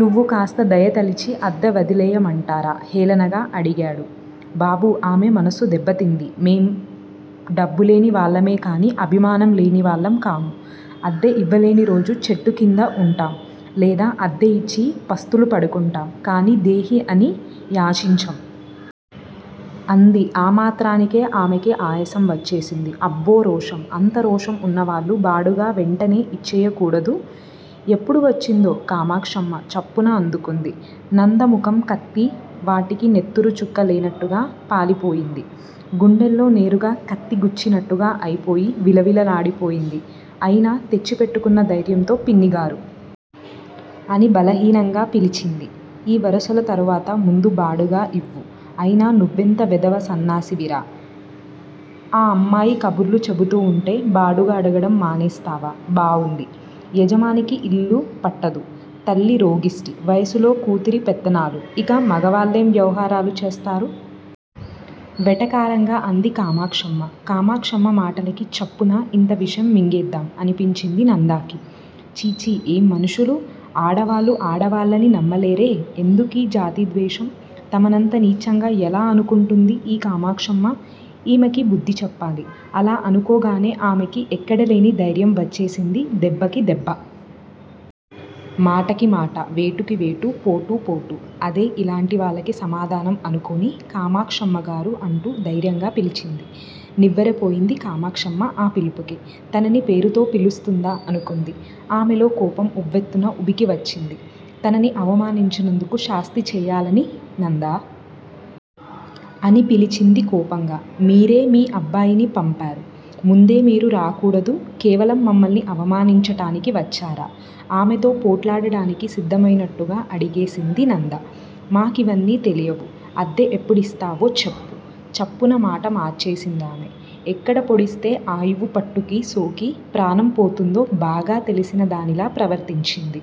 నువ్వు కాస్త దయతలచి- అద్దె వదిలెయ్యమంటారా! హేళనగా అడిగేడు. బాబూ ఆమె మనస్సు దెబ్బతింది. మేం డబ్బులేని వాళ్ళమే కానీ అభిమానం లేని వాళ్ళం కాము. అద్దె ఇవ్వలేని రోజు చెట్టు క్రింద ఉంటాం. లేదా అద్దె ఇచ్చి పస్తులు పడుకుంటాం. కానీ దేహీ అని యాచించం! అంది. ఆ మాత్రానికే ఆమెకి ఆయాసం వచ్చేసింది. అబ్బో! రోషం! అంత రోషం వున్నవాళ్ళు బాడుగ వెంటనే ఇచ్చెయ్యకూడదూ! ఎప్పుడు వచ్చిందో కామాక్షమ్మ చప్పున అందుకుంది. నంద ముఖం కత్తి వాటుకి నెత్తురు చుక్క లేనట్టుగా పాలిపోయింది! గుండెల్లో నేరుగా కత్తి గుచ్చినట్టుగా అయిపోయి, విలవిల్లాడిపోయింది అయినా తెచ్చిపెట్టుకున్న ధైర్యంతో పిన్నిగారూ! అని బలహీనంగా పిలిచింది. ఈ వరుసలు తరువాత! ముందు బాడుగ ఇవ్వు! అయినా నువ్వెంత వెధవ సన్నాసివిరా! ఆ అమ్మాయి కబుర్లు చెబుతూ వుంటే బాడుగ అడగడం మానేస్తావా? బావుంది! యజమానికి ఇల్లు పట్టదు. తల్లి రోగిష్టి! వయసులో కూతురు పెత్తనాలు! ఇక మగవాళ్ళేం వ్యవహారాలు చేస్తారు! వెటకారంగా అంది కామాక్షమ్మ. కామాక్షమ్మ మాటలకి చప్పున ఇంత విషం మింగేద్దాం అనిపించింది నందకి. ఛీ! ఛీ! ఏం మనుషులు! ఆడవాళ్ళు ఆడవాళ్ళని నమ్మలేరే! ఎందుకీ జాతి ద్వేషం! తమనంత నీచంగా ఎలా అనుకుంటుంది ఈ కామాక్షమ్మ. ఈమెకి బుద్ది చెప్పాలి! అలా అనుకోగానే ఆమెకి ఎక్కడలేని ధైర్యం వచ్చేసింది దెబ్బకి దెబ్బ! మాటకి మాట! వేటుకి వేటు! పోటు పోటు! అదే యిలాంటి వాళ్ళకి సమాధానం అనుకుని కామాక్షమ్మగారూ అంటూ ధైర్యంగా పిలిచింది. నివ్వెరపోయింది కామాక్షమ్మ ఆ పిలుపుకి. తనని పేరుతో పిలుస్తుందా అనుకుంది. ఆమెలో కోపం ఉవ్వెత్తున ఉబికి వచ్చింది. తనని అవమానించినందుకు శాస్తి చేయాలని నందా! అని పిలిచింది కోపంగా. మీరే మీ అబ్బాయిని పంపేరు. ముందే మీరు రాకూడదూ? కేవలం మమ్మల్ని అవమానించటానికి వచ్చారా? ఆమెతో పోట్లాడటానికి సిద్దమైనట్టుగా అడిగేసింది నంద. మాకీవన్ని తెలియవు? అద్దె ఎప్పుడిస్తావో చెప్పు! చప్పున మాట మార్చేసిందామె. ఎక్కడ పొడిస్తే ఆయువు పట్టుకి సోకి ప్రాణం పోతుందో బాగా తెలిసిన దానిలా ప్రవర్తించింది.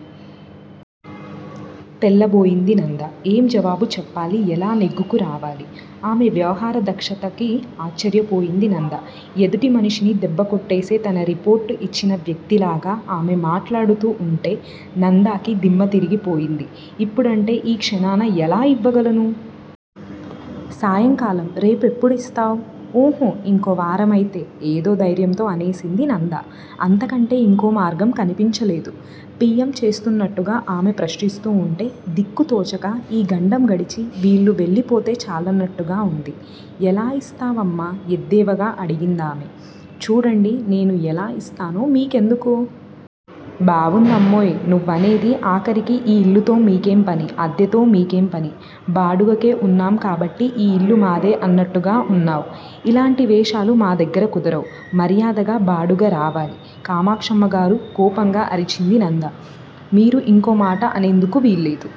తెల్లబోయింది నంద! ఏం జవాబు చెప్పాలి! ఎలా నెగ్గుకు రావాలి? ఆమె వ్యవహార దక్షతకి ఆశ్చర్యపోయింది నంద! ఎదుటి మనిషిని దెబ్బ కొట్టేసి తనే రిపోర్టు ఇచ్చిన వ్యక్తిలాగా ఆమె మాట్లాడుతూ వుంటే నందకి దిమ్మ తిరిగి పోయింది. ఇప్పుడంటే ఈ క్షణాన ఎలా ఇవ్వగలను? సాయంకాలం- రేపు ఎప్పుడిస్తావ్? ఊహూ! ఇంకో వారం అయితే! ఏదో ధైర్యంతో అనేసింది నంద. అంతకంటే యింకోమార్గం కన్పించలేదు. పి. యం. చేస్తోన్నట్టుగా ఆమె ప్రశ్నిస్తోవుంటే దిక్కుతోచక, ఈ గండం గడిచి వీళ్ళు వెళ్ళిపోతే చాలన్నట్టుగా అంది. ఎలా ఇస్తావమ్మా! ఎద్దేవాగా అడిగిందామె. చూడండి! నేను ఎలా ఇస్తానో మీకెందుకు? బావుందమ్మోయ్! నువ్వనేది ఆఖరికి ఈ ఇల్లుతో మీకేం పని? అద్దెతో మీకేం పని? బాడుగకే ఉన్నాం కాబట్టి ఈ ఇల్లు మాదే అన్నట్టుగా వున్నావు. ఇలాంటి వేషాలు మన దగ్గర కుదరవు. మర్యాదగా బాడుగ రావాలి! కామాక్షమ్మగారూ! కోపంగా అరిచింది నంద! మీరు ఇంకో మాట అనేందుకు వీల్లేదు.